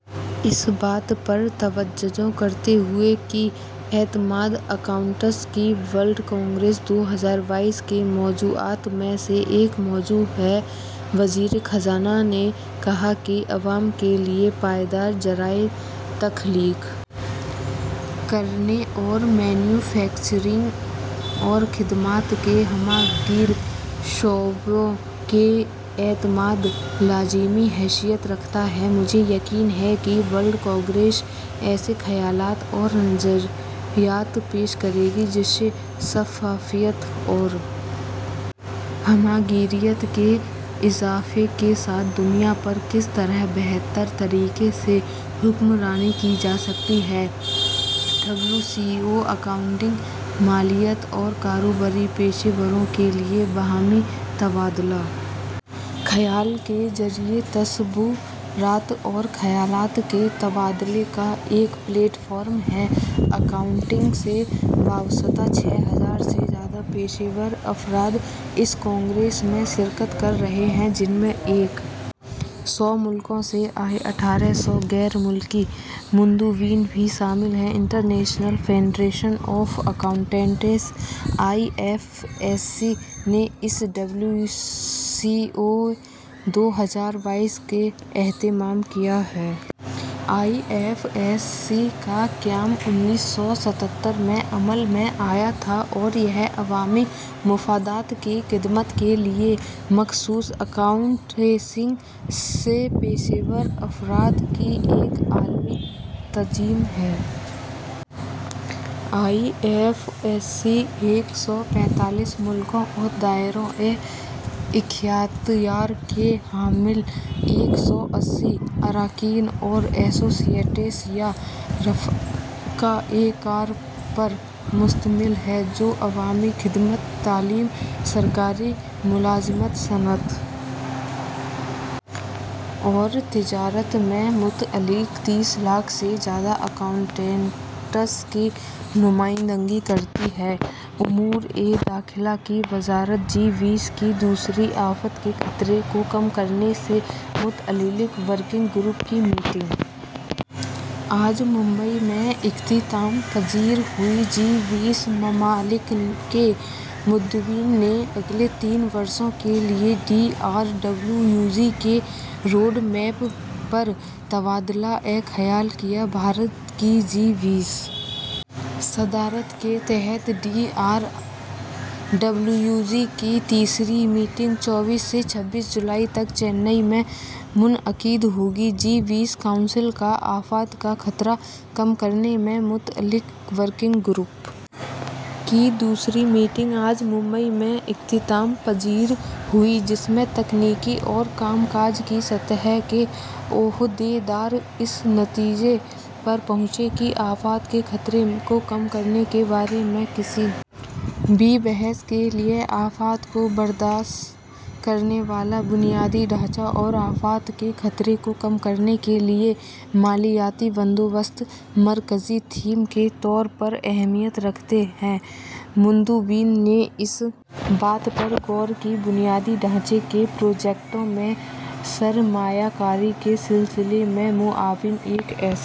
اس بات پر توجہ کرتے ہوئے کہ اعتماد اکاؤنٹس کی ورلڈ کانگریس دو ہزار بائیس کے موضوعات میں سے ایک موضوع ہے وزیر خزانہ نے کہا کہ عوام کے لیے پائیدار ذرائع تخلیق کرنے اور مینوفیکچرنگ اور خدمات کے ہمہ گیر شعبوں کے لیے اعتماد لازمی حیثیت رکھتا ہے مجھے یقین ہے کہ ورلڈ کانگریس ایسے خیالات و نظریات پیش کرے گی جس سے شفافیت اور ہمہ گیریت میں اضافہ کے ساتھ دنیا پر کس طرح بہتر طریقے سے حکمرانی کی جا سکتی ہے W C O A accounting مالیات اور کاروباری پیشہ ور افراد کے لیے باہمی تبادلہ خیال کے ذریعہ تصورات اور خیالات کے تبادلوں کا ایک پلیٹ فارم ہے اکاؤنٹنگ سے وابستہ چھ ہزار سے زیادہ پیشہ ور افراد اس کانگریس میں شرکت کر رہے ہیں جن میں ایک سو ملکوں سے آئے اٹھارہ سو غیر ملکی مندوبین بھی شامل ہیں international federation of accountants I F A C نے اس ڈبلیو سی او اے دو ہزار بائیس کا اہتمام کیا ہے آئی ایف اے سی کا قیام انیس سو ستتر میں عمل میں آیا تھا اور یہ عوامی مفادات کی خدمت کے لیے مخصوص اکاؤنٹنسی کے پیشہ ور افراد کی ایک عالمی تنظیم ہے آئی ایف اے سی ایک سو پینتیس ممالک اور دائرہ اختیار کے حامل ایک سو اسی اراکین اور ایسوسی ایٹس یا رفقائے کار پر مشتمل ہے جو عوامی خدمت تعلیم سرکاری ملازمت صنعت اور تجارت سے متعلق تیس لاکھ سے زیادہ اکاؤنٹنٹس کی نمائندگی کرتی ہے امور داخلہ کی وزارت جی ٹوئنٹی کی دوسری آفات کے خطرے کو کم کرنے سے متعلق ورکنگ گروپ کی میٹنگ آج ممبئی میں اختتام پذیر ہوئی جی ٹوئنٹی ممالک کے مندوبین نے اگلے تین برسوں کے لیے D R R W G کے روڈ میپ پر تبادلہ خیال کیا بھارت کی جی ٹوئنٹی صدارت کے تحت D R R W G کی تیسری میٹنگ چوبیس سے چھبیس جولائی تک چنئی میں منعقد ہوگی جی ٹوئنٹی کونسل کی آفات کا خطرہ کم کرنے سے متعلق ورکنگ گروپ کی دوسری میٹنگ آج ممبئی میں اختتام پذیر ہوئی جس میں تکنیکی اور کام کاج سطح کے عہدیدار اس نتیجے پر پہنچے کہ آفات کے خطرے کو کم کرنے کے بارے میں کسی بھی بحث کے لیے آفات کو برداشت کرنے والا بنیادی ڈھانچے اور آفات کے خطرے کو کم کرنے کے لیے مالیاتی بندوبست مرکزی تھیم کے طور پر اہمیت رکھتے ہیں مندوبین نے اس بات پر غور کیا کہ بنیادی ڈھانچے کے پروجیکٹوں میں سرمایہ کاری کے سلسلے میں معاون ایک ایسا